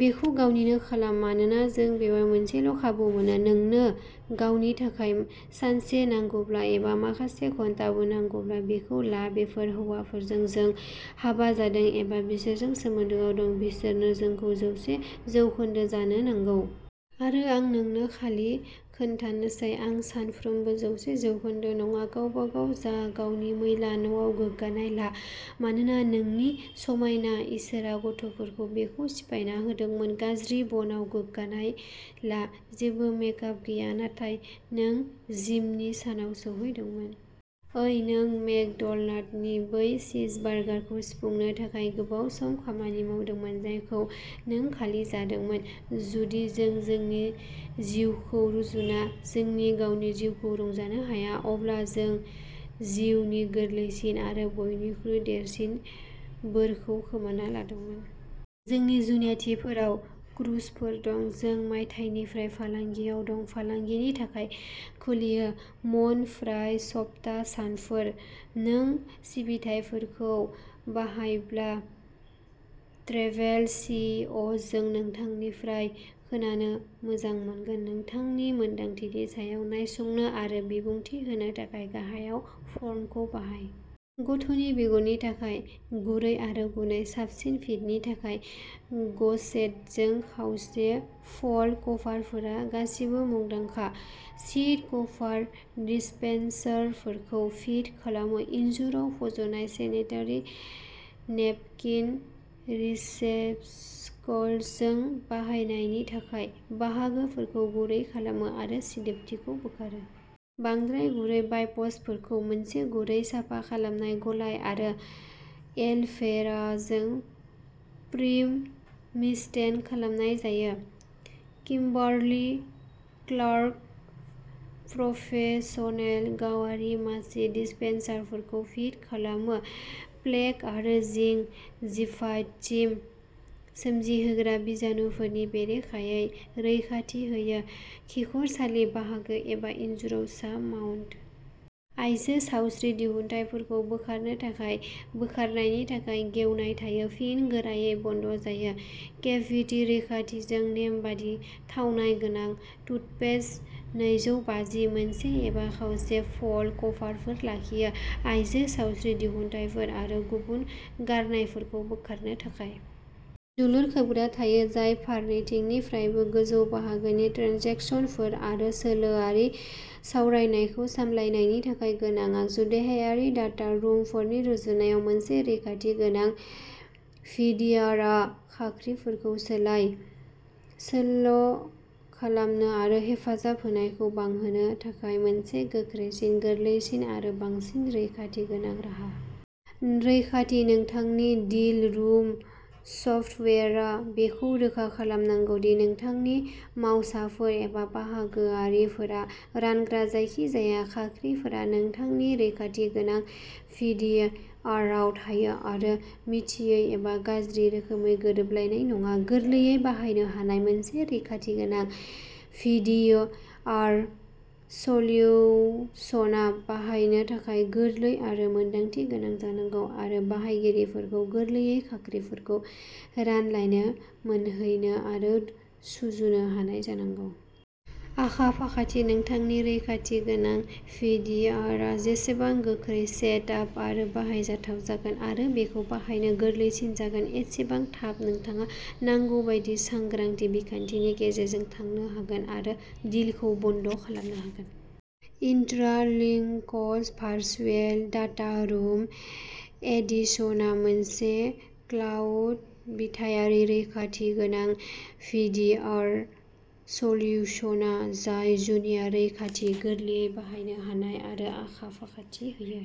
बेखौ गावनिनो खालाम मानोना जों बेयाव मोनसेल' खाबु मोनो नोंनो गावनि थाखाय सानसे नांगौब्ला, एबा माखासे घन्टाबो नांगौब्ला, बेखौ ला बेफोर हौवाफोरजों जों हाबा जादों, एबा बिसोरजों सोमोन्दोआव दं बिसोरनो जोंखौ जौसे जौखोनदो जानो नांगौ। आरो आं नोंनो खालि खोन्थानोसै, आं सानफ्रोमबो जौसे जौखोनदो नङा। गावबागाव जा गावनि मैला न'आव गोग्गानाय ला, मानोना नोंनि समायना, इसोरआ गथ'फोरखौ बेखौ सिफायना होदोंमोन। गाज्रि बनआव गोग्गानाय ला, जेबो मेक आप गैया, नाथाय नों जिमनि सानाव सौहैदोंमोन। ओइ, नों मेकड'नाल्डनि बै चीजबार्गारखौ सुफुंनो थाखाय गोबाव सम खामानि मावदोंमोन, जायखौ नों खालि जादोंमोन। जुदि जों जोंनि जिउखौ रुजुना जोंनि गावनि जिउखौ रंजानो हाया, अब्ला जों जिउनि गोरलैसिन आरो बयनिख्रुइ देरसिन बोरखौ खोमाना लादोंमोन। जोंनि जुनियाथिफोराव क्रुजफोर दं। जों मायथाइनिफ्राय फालांगियाव दं। फालांगिनि थाखाय खुलियो मन फ्राइ सप्ता सानफोर। नों सिबिथाइफोरखौ बाहायबायब्ला। ट्रेभेल सि अ जों नोंथांनिफ्राय खोनानो मोजां मोनगोन नोंथांनि मोन्दांथिनि सायाव नायसंनो आरो बिबुंथि होनो थाखाय गाहायाव होनाय फर्मखौ बाहाय। गथ'नि बिगुरनि थाखाय गुरै आरो गुरै। साबसिन फिटनि थाखाय गसेटजों। खावसे फल्ड कभारफोरा गासिबो मुंदांखा सिट कभार डिस्पेनसारफोरखौ फिट खालामो। इनजुराव फज'नाय सेनेटारि नेपकिन रिसेप्टेकल्सजों बाहायनायनि थाखाय। बाहागोफोरखौ गुरै खालामो आरो सिदोबथिखौ बोखारो। बांद्राय गुरै वाइप्सफोरखौ मोनसे गुरै साफा खालामनाय गलाय आरो एल'भेराजों प्रिम' मिस्टेन खालामनाय जायो। किम्बार्लि क्लार्क प्रफेसनेल गावारि मासि डिस्पेनसारफोरखौ फिट खालामो। प्लेक आरो जिं जिभाइटिस सोमजिहोग्रा बिजानुफोरनि बेरेखायै रैखाथि होयो। खिखरसालि बाहागो एबा इनजुराव सा माउन्ट। आइजो सावस्रि दिहुनथायफोरखौ बोखारनो थाखाय। बोखारनायनि थाखाय गेवनाय थायो, फिन गोरायै बन्द जायो। केभिटि रैखाथिजों नेमबादि थावनाय गोनां टुथपेस्ट। नैजौ बाजि मोनसे एबा खावसे फल्ड कभारफोर लाखियो। आइजो सावस्रि दिहुनथायफोर आरो गुबुन गारनायफोरखौ बोखारनो थाखाय। दुलुर खोबग्रा थायो जाय फारनैथिंनिफ्रायबो गोजौ बाहागोनि ट्रेन्जेकसनफोर आरो सोलोआरि सावरायनायखौ सामलायनायनि थाखाय गोनां आगजु। देहायारि डाटा रुमफोरनि रुजुनायाव, मोनसे रैखाथि गोनां भि डि आर आ खाख्रिफोरखौ सोलाय सोल'खालामनो आरो हेफाजाब होनायखौ बांहोनो थाखाय मोनसे गोख्रैसिन, गोरलैसिन आरो बांसिन रैखाथि गोनां राहा। रैखाथि नोंथांनि डिल रुम सफ्टवेयारआ बेखौ रोखा खालामनांगौ दि नोंथांनि मावसाफोर एबा बाहागोआरिफोरा रानग्रा जायखिजाया खाख्रिफोरा नोंथांनि रैखाथि गोनां भि डि आरआव थायो आरो मिथियै एबा गाज्रि रोखोमै गोरोबलायनाय नङा। गोरलैयै बाहायनो हानाय मोनसे रैखाथि गोनां भि डि आर सलिउसना बाहायनो थाखाय गोरलै आरो मोनदांथि गोनां जानांगौ आरो बाहायगिरिफोरखौ गोरलैयै खाख्रिफोरखौ रानलायनो मोनहैनो आरो सुजुनो हानाय जानांगौ। आखा फाखाथि नोंथांनि रैखाथि गोनां भि डि आर आ जेसेबां गोख्रै सेट आप आरो बाहायजाथाव जागोन आरो बेखौ बाहायनो गोरलैसिन जागोन, एसेबां थाब नोंथाङा नांगौ बायदि सांग्राथि बिखान्थिनि गेजेरजों थांनो हागोन आरो डिलखौ बन्द खालामनो हागोन। इन्ट्रालिंकस भारचुयेएल डाटा रुम एडिशनआ मोनसे क्लाउड बिथायारि रैखाथि गोनां भि डि आर सलिउसना जाय जुनिया रैखाथि, गोरलैयै बाहायनो हानाय आरो आखा फाखाथि होयो।